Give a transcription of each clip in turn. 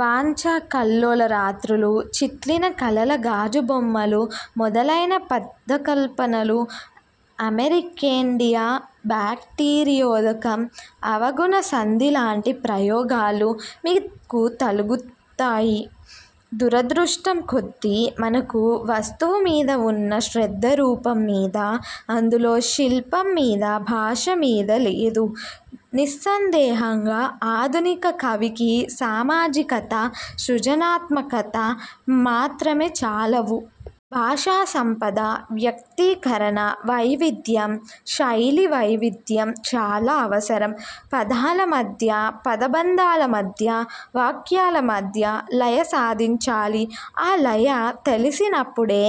వాంఛా కల్లోల రాత్రులు, చిట్లిన కలల గాజు బొమ్మలు మొదలైన పదకల్పనలు అమెరికేండియా, బాక్టీరియోదకం, అవగుణ సంధి లాంటి ప్రయోగాలు మీకు తగుల్తాయి. దురదృష్టం కొద్దీ మనకు వస్తువు మీద ఉన్న శ్రద్ధ రూపం మీద, అందులో శిల్పం మీద, భాషమీద లేదు. నిస్సందేహంగా. ఆధునిక కవికి సామాజికత, సృజనా త్మకత మాత్రమే చాలవు. భాషా సంపద, వ్యక్తీకరణ వైవిధ్యం, శైలీ వైవిధ్యం చాలా అవసరం. పదాల మధ్య, పద బంధాల మధ్య, వాక్యాల మధ్య లయ సాధించాలి. ఆ లయ తెలిసినప్పుడే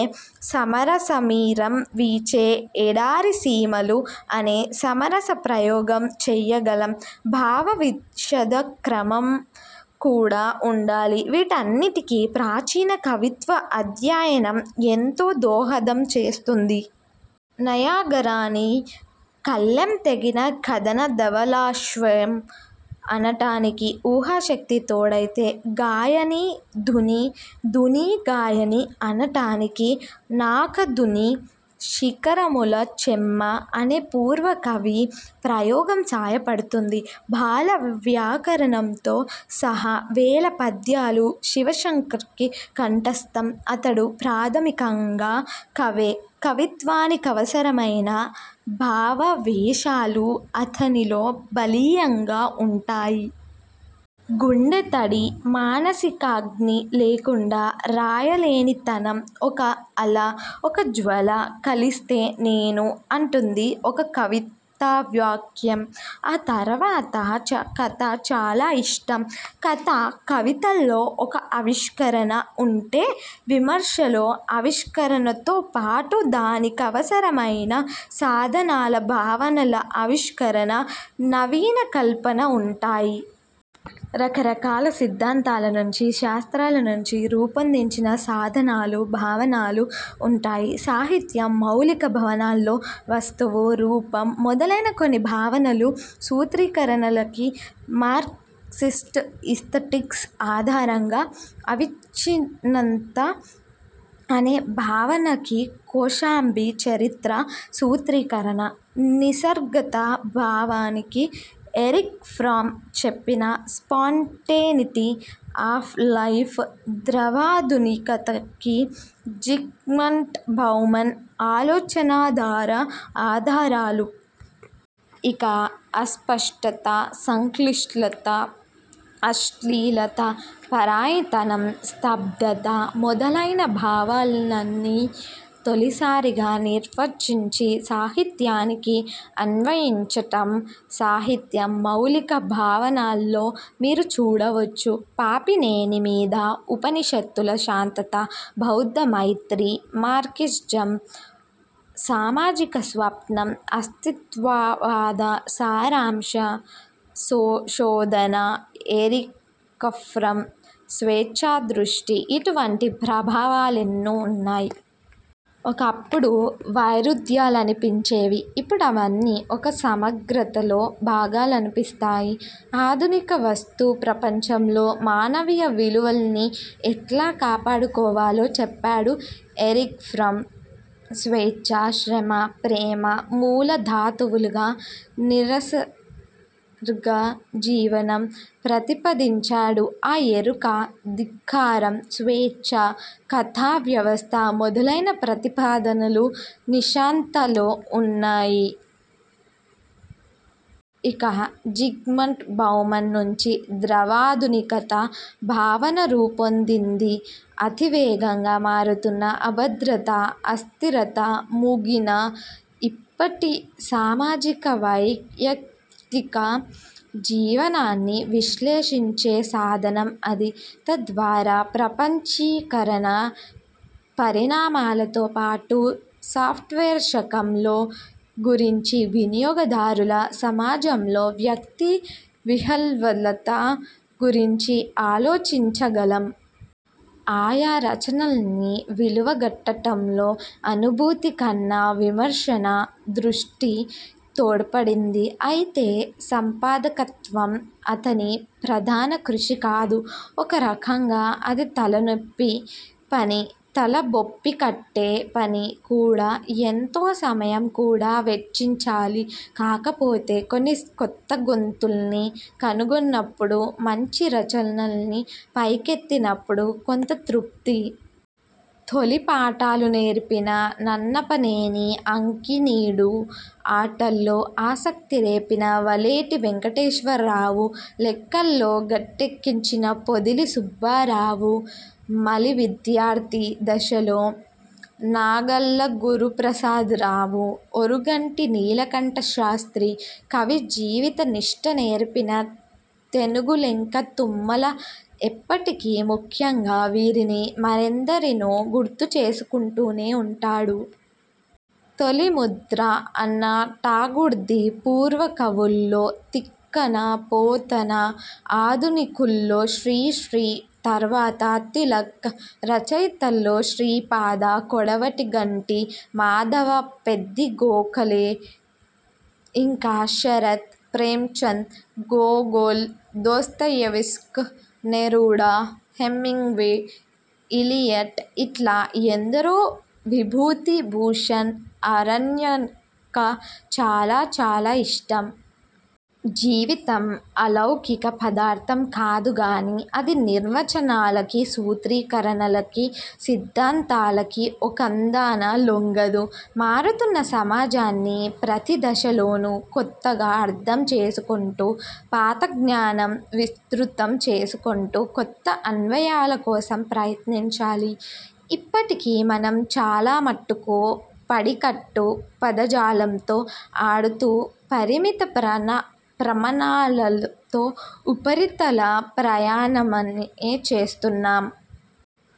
'సమరసమీరం వీచే ఎడారిసీమలు' అనే సమరస ప్రయోగం చెయ్యగలం. భావ విశద క్రమం కూడా ఉండాలి. వీటన్నిటికి ప్రాచీన కవిత్వ అధ్యయనం ఎంతో దోహదం చేస్తుంది. నయాగరాని 'కళ్లెం తెగిన కదన ధవళాశ్వం' అనటానికి ఊహాశక్తి తోడైతే 'గాయనీ ధుని, ధునీ గాయని' అనటానికి 'నాకధునీ శీకరముల చెమ్మ' అనే పూర్వకవి ప్రయోగం సాయపడుతుంది. బాల వ్యాకరణంతో సహా వేల పద్యాలు శివశంకర్కి కంఠస్థం. అతడు ప్రాథమికంగా కవే. కవిత్వానికవసరమైన భావావేశాలు అతనిలో బలీయంగా ఉంటాయి. గుండె తడి, మానసికాగ్ని లేకుండా రాయలేనితనం. 'ఒక అల, ఒక జ్వాల కలిస్తే నేను' అంటుంది ఒక కవితావాక్యం. ఆ తర్వాత కథ చాలా ఇష్టం. కథ, కవితల్లో ఒక ఆవిష్కరణ ఉంటే విమర్శలో ఆవిష్కరణతో పాటు దాని కవసరమైన సాధనాల, భావనల ఆవిష్కరణ, నవీనకల్పన ఉంటాయి. రకరకాల సిద్ధాంతాల నుంచి, శాస్త్రాల నుంచి రూపొందించిన సాధనాలు, భావనలు ఉంటాయి. 'సాహిత్యం మౌలిక భావనల్లో వస్తువు, రూపం మొదలైన కొన్ని భావనలు, సూత్రీకరణలకి మార్క్సిస్ట్ ఈస్తటిక్స్ అధారంగా. అవిచ్ఛిన్నత అనే భావనకి కొశాంబి చరిత్ర సూత్రీకరణ, నిసర్గతా భావనకి ఎరిక్ ఫ్రామ్ చెప్పిన స్పాంటేనిటీ ఆఫ్ లైఫ్, ద్రవాధునికతకి జిగ్మంట్ బౌమన్ ఆలోచనాధార ఆధారాలు. ఇక అస్పష్టత, సంక్లిష్టత, అశ్లీలత, పరాయితనం, స్తబ్ధత మొదలైన భావనల్ని తొలిసారిగా నిర్వచించి, సాహిత్యానికి అన్వయించటం 'సాహిత్యం మౌలిక భావనల్లో మీరు చూడవచ్చు. పాపినేని మీద ఉప నిషత్తుల శాంతత, బౌద్ధ మైత్రి, మార్క్సిజం సామాజిక స్వప్నం, అస్తిత్వవాద సారాంశ శోధన, ఎరిక్ఫ్రామ్ స్వేచ్ఛాదృష్టి ఇటువంటి ప్రభావాలెన్నో ఉన్నాయి. ఒకప్పుడు వైరుధ్యాలనిపించేవి. ఇప్పుడవన్నీ ఒక సమగ్రతలో భాగాలనిపిస్తాయి. ఆధునిక వస్తు ప్రపంచంలో మానవీయ విలువల్ని ఎట్లా కాపాడుకోవాలో, చెప్పాడు ఎరిక్ ఫ్రామ్. స్వేచ్ఛ, శ్రమ, ప్రేమ మూల ధాతువులుగా నిసర్గ జీవనం ప్రతిపాదించాడు. ఆ ఎరుక, ధిక్కారం, స్వేచ్ఛా కథావ్యవస్థ మొదలైన ప్రతిపాదనలు 'నిశాంత'లో ఉన్నాయి. ఇక జిగ్మంట్ బౌమన్ నుంచి ద్రవాధునికత భావన రూపొందింది. అతి వేగంగా మారుతున్న అభద్రత, అస్థిరత మూగిన ఇప్పటి సామాజిక వైయక్తిక జీవనాన్ని విశ్లేషించే సాధనం అది. తద్వారా ప్రపంచీ కరణ పరిణామాలతో పాటు సాఫ్ట్వేర్ శకంలో గురించి, వినియోగదారుల సమాజంలో వ్యక్తి విహ్వలత గురించి ఆలోచించగలం. ఆయా రచనల్ని విలువ గట్టటంలో అనుభూతి కన్న విమర్శనా దృష్టి తోడ్పడింది. అయితే సంపాదకత్వం అతని ప్రధాన కృషి కాదు. ఒక రకంగా అది తలనెప్పి పని. తల బొప్పికట్టే పని కూడా. ఎంతో సమయం కూడా వెచ్చించాలి. కాకపోతే కొన్ని కొత్తగొంతుల్ని కనుగొన్నప్పుడు, మంచి రచనల్ని పైకెత్తినప్పుడు కొంత తృప్తి. తొలి పాఠాలు నేర్పిన నన్నపనేని అంకినీడు, ఆటల్లో ఆసక్తి రేపిన వలేటి వెంకటేశ్వర రావు, లెక్కల్లో గట్టెక్కించిన పొదిలి సుబ్బారావు, మలి విద్యార్థి దశలో నాగళ్ల గురు ప్రసాదరావు, ఓరుగంటి నీలకంఠ శాస్త్రీ, కవి జీవిత నిష్ఠ నేర్పిన తెనుగులెంక తుమ్మల ఎప్పటికీ ముఖ్యంగా వీరిని, మరెందరినో గుర్తు చేసుకుంటూనే ఉంటాడు. తొలి ముద్ర అన్న టాగూర్ది పూర్వకవుల్లో తిక్కన, పోతన, ఆధునికుల్లో శ్రీశ్రీ తర్వాత తిలక్. రచయితల్లో శ్రీపాద, కొడవటి గంటి, మాధవ పెద్ది గోఖలే. ఇంకా Sarat, Premchand, Gogol, Dostoevsky, Neruda, Hemingway, Eliot ఇట్లా ఎందరో. విభూతి భూషణ్ 'అరణ్యక' చాలా చాలా ఇష్టం. జీవితం అలౌకిక పదార్థం కాదుగాని, అది నిర్వచనాలకి, సూత్రీకరణలకి, సిద్ధాంతాలకి ఒకందాన లొంగదు. మారుతున్న సమాజాన్ని ప్రతి దశలోను కొత్తగా అర్థం చేసుకొంటూ పాత జ్ఞానం విస్తృతం చేసుకొంటూ కొత్త అన్వయాల కోసం ప్రయత్నించాలి. ఇప్పటికీ మనం చాలమట్టుకు పడికట్టు పదజాలంతో ఆడుతూ పరిమిత ప్రనమ ప్రమాణాలతో ఉపరితల ప్రయాణమే చేస్తున్నాం.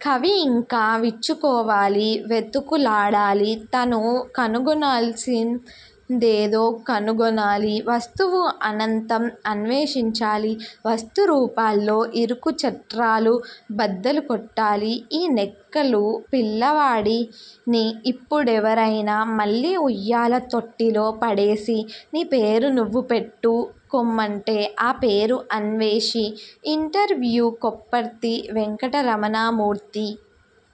కవి ఇంకా విచ్చుకోవాలి, వెతుకులాడాలి, తను కనుగొనాల్సిం దేదో కనుగొనాలి. వస్తువు అనంతం. అన్వేషించాలి. వస్తు రూపాల్లో ఇరుకు చట్రాలు బద్దలు గొట్టాలి. ఈ నెక్కల్లు పిల్లావాడిని ఇప్పుడెవరైనా మళ్లీ ఉయ్యాల తొట్టిలో పడేసి, నీ పేరు నువ్వు పెట్టు కొమ్మంటే ఆ పేరు 'అన్వేషి'. ఇంటర్వ్యూ కొప్పర్తి వెంకటరమణ మూర్తి